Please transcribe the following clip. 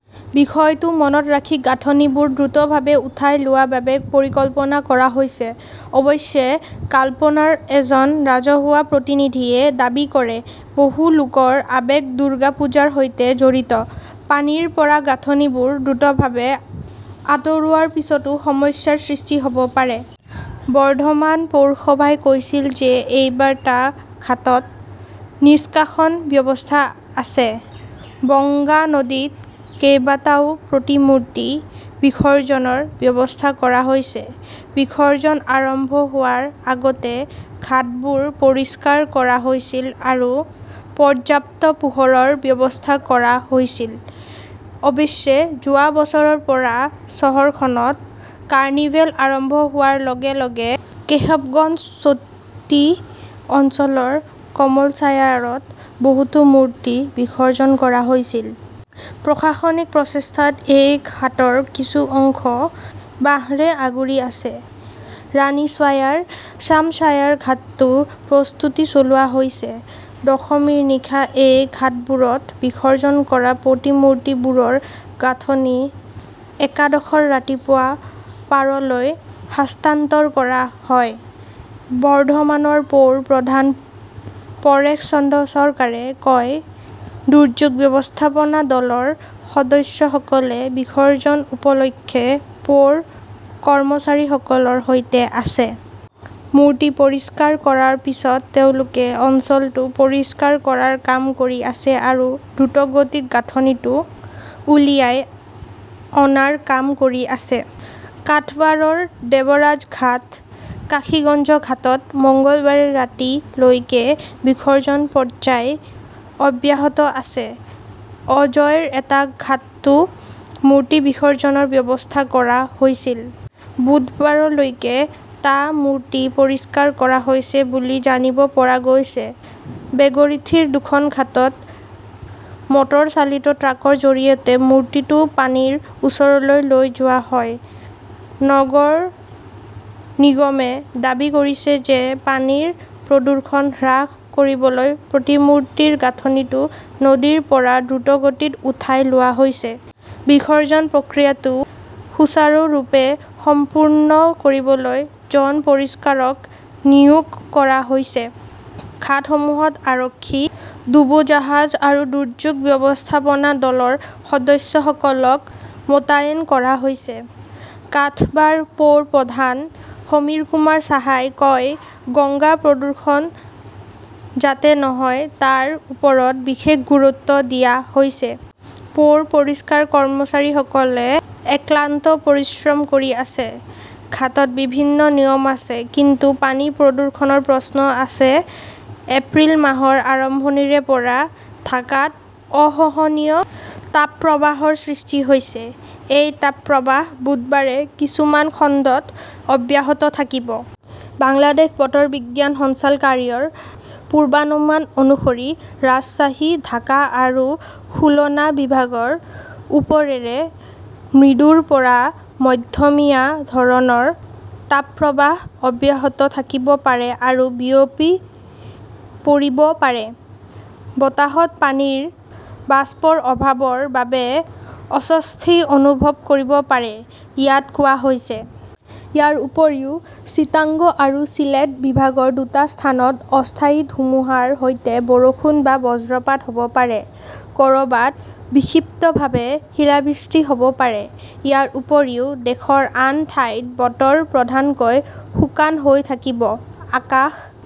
বিষয়টো মনত ৰাখি গাঁথনিবোৰ দ্ৰুতভাৱে উঠাই লোৱাৰ বাবে পৰিকল্পনা কৰা হৈছে। "অৱশ্যে, কালনাৰ এজন ৰাজহুৱা প্ৰতিনিধিয়ে দাবী কৰে", বহু লোকৰ আবেগ দুৰ্গা পূজাৰ সৈতে জড়িত। পানীৰ পৰা গাঁথনিবোৰ দ্ৰুতভাৱে আঁতৰোৱাৰ পিছতো সমস্যাৰ সৃষ্টি হ "ব পাৰে। "বৰ্ধমান পৌৰসভাই কৈছিল যে এইবাৰ টা ঘাটত নিষ্কাশন ব্যৱস্থা আছে। বঙ্কা নদীত কেইবাটাও প্ৰতিমূৰ্তি বিসৰ্জনৰ ব্যৱস্থা কৰা হৈছে। বিসৰ্জন আৰম্ভ হোৱাৰ আগতে ঘাটবোৰ পৰিষ্কাৰ কৰা হৈছিল আৰু পৰ্যাপ্ত পোহৰৰ ব্যৱস্থা কৰা হৈছিল। অৱশ্যে যোৱা বছৰৰ পৰা চহৰখনত কাৰ্নিভেল আৰম্ভ হোৱাৰ লগে লগে কেশৱগঞ্জ চটি অঞ্চলৰ কমলচায়াৰত বহুতো মূৰ্তি বিসৰ্জন কৰা হৈছিল। প্ৰশাসনিক প্ৰচেষ্টাত এই ঘাটৰ কিছু অংশ বাঁহৰে আগুৰি আছে। ৰাণীশ্বায়াৰ, শ্যামশ্বায়াৰ ঘাটতো প্ৰস্তুতি চলোৱা হৈছে। দশমীৰ নিশা এই ঘাটবোৰত বিসৰ্জন কৰা প্ৰতিমূৰ্তিবোৰৰ গাঁথনি একাদশৰ ৰাতিপুৱা পাৰলৈ হস্তান্তৰ কৰা হয়। বৰ্ধমানৰ পৌৰ প্ৰধান পৰেশ চন্দ্ৰ চৰকাৰে কয়, "দুৰ্যোগ ব্যৱস্থাপনা দলৰ সদস্যসকলে বিসৰ্জন উপলক্ষে পৌৰ কৰ্মচাৰীসকলৰ সৈতে আছে। মূৰ্তি পৰিষ্কাৰ কৰাৰ পিছত তেওঁলোকে অঞ্চলটো পৰিষ্কাৰ কৰাৰ কাম কৰি আছে আৰু দ্ৰুতগতিত গাঁথনিটো উলিয়াই অনাৰ কাম কৰি আছে। "কাটৱাৰৰ দেৱৰাজঘাট, কাশীগঞ্জঘাটত মঙলবাৰে ৰাতি লৈকে বিসৰ্জন পৰ্যায় অব্যাহত আছে। অজয়ৰ এটা ঘাটতো মূৰ্তি বিসৰ্জনৰ ব্যৱস্থা কৰা হৈছিল। বুধবাৰলৈকে টা মূৰ্তি পৰিষ্কাৰ কৰা হৈছে বুলি জানিব পৰা গৈছে। বেগৰীথীৰ দুখন ঘাটত মটৰ চালিত ট্ৰলীৰ জৰিয়তে মূৰ্তিটো পানীৰ ওচৰলৈ লৈ যোৱা হয়। নগৰ নিগমে দাবী কৰিছে যে পানীৰ প্ৰদূষণ হ্ৰাস কৰিবলৈ প্ৰতিমূৰ্তিৰ গাঁথনিটো নদীৰ পৰা দ্ৰুতগতিত উঠাই লোৱা হৈছে। বিসৰ্জন-প্ৰক্ৰিয়াটো সুচাৰুৰূপে সম্পন্ন কৰিবলৈ জন পৰিষ্কাৰক নিয়োগ কৰা হৈছে। ঘাটসমূহত আৰক্ষী, ডুবোজাহাজ আৰু দুৰ্যোগ ব্যৱস্থাপনা দলৰ সদস্যসকলক মোতায়েন কৰা হৈছে। কাটৱাৰ পৌৰ প্ৰধান সমীৰকুমাৰ সাহাই কয়, "গংগা প্ৰদূষণ যাতে নহয় তাৰ ওপৰত বিশেষ গুৰুত্ব দিয়া হৈছে। পৌৰ পৰিষ্কাৰ কৰ্মচাৰীসকলে অক্লান্ত পৰিশ্ৰম কৰি আছে। "। ঘাটত বিভিন্ন নিয়ম আছে, কিন্তু পানী প্ৰদূষণৰ প্ৰশ্ন আছে এপ্ৰিল মাহৰ আৰম্ভণিৰে পৰা ঢাকাত অসহনীয় তাপপ্ৰবাহৰ সৃষ্টি হৈছে। এই তাপপ্ৰবাহ বুধবাৰে কিছুমান খণ্ডত অব্যাহত থাকিব। বাংলাদেশ বতৰ বিজ্ঞান সঞ্চালকালয়ৰ পূৰ্বানুমান অনুসৰি ৰাজশ্বাহী, ঢাকা আৰু খুলনা বিভাগৰ ওপৰেৰে মৃদুৰ পৰা মধ্যমীয়া ধৰণৰ তাপপ্ৰবাহ অব্যাহত থাকিব পাৰে আৰু বিয়পি পৰিব পাৰে। বতাহত পানীৰ বাষ্পৰ অভাৱৰ বাবে অস্বস্তি অনুভৱ কৰিব পাৰি, ইয়াত কোৱা হৈছে। ইয়াৰ উপৰিও চিটাগং আৰু চিলেট বিভাগৰ দুটা স্থানত অস্থায়ী ধুমুহাৰ সৈতে বৰষুণ বা বজ্ৰপাত হ 'ব পাৰে। ক "ৰবাত বিক্ষিপ্তভাৱে শিলাবৃষ্টি হ" ব পাৰে। ইয়াৰ উপৰিও, দেশৰ আন ঠাইত বতৰ প্ৰধানকৈ শুকান হৈ থাকিব। আকাশ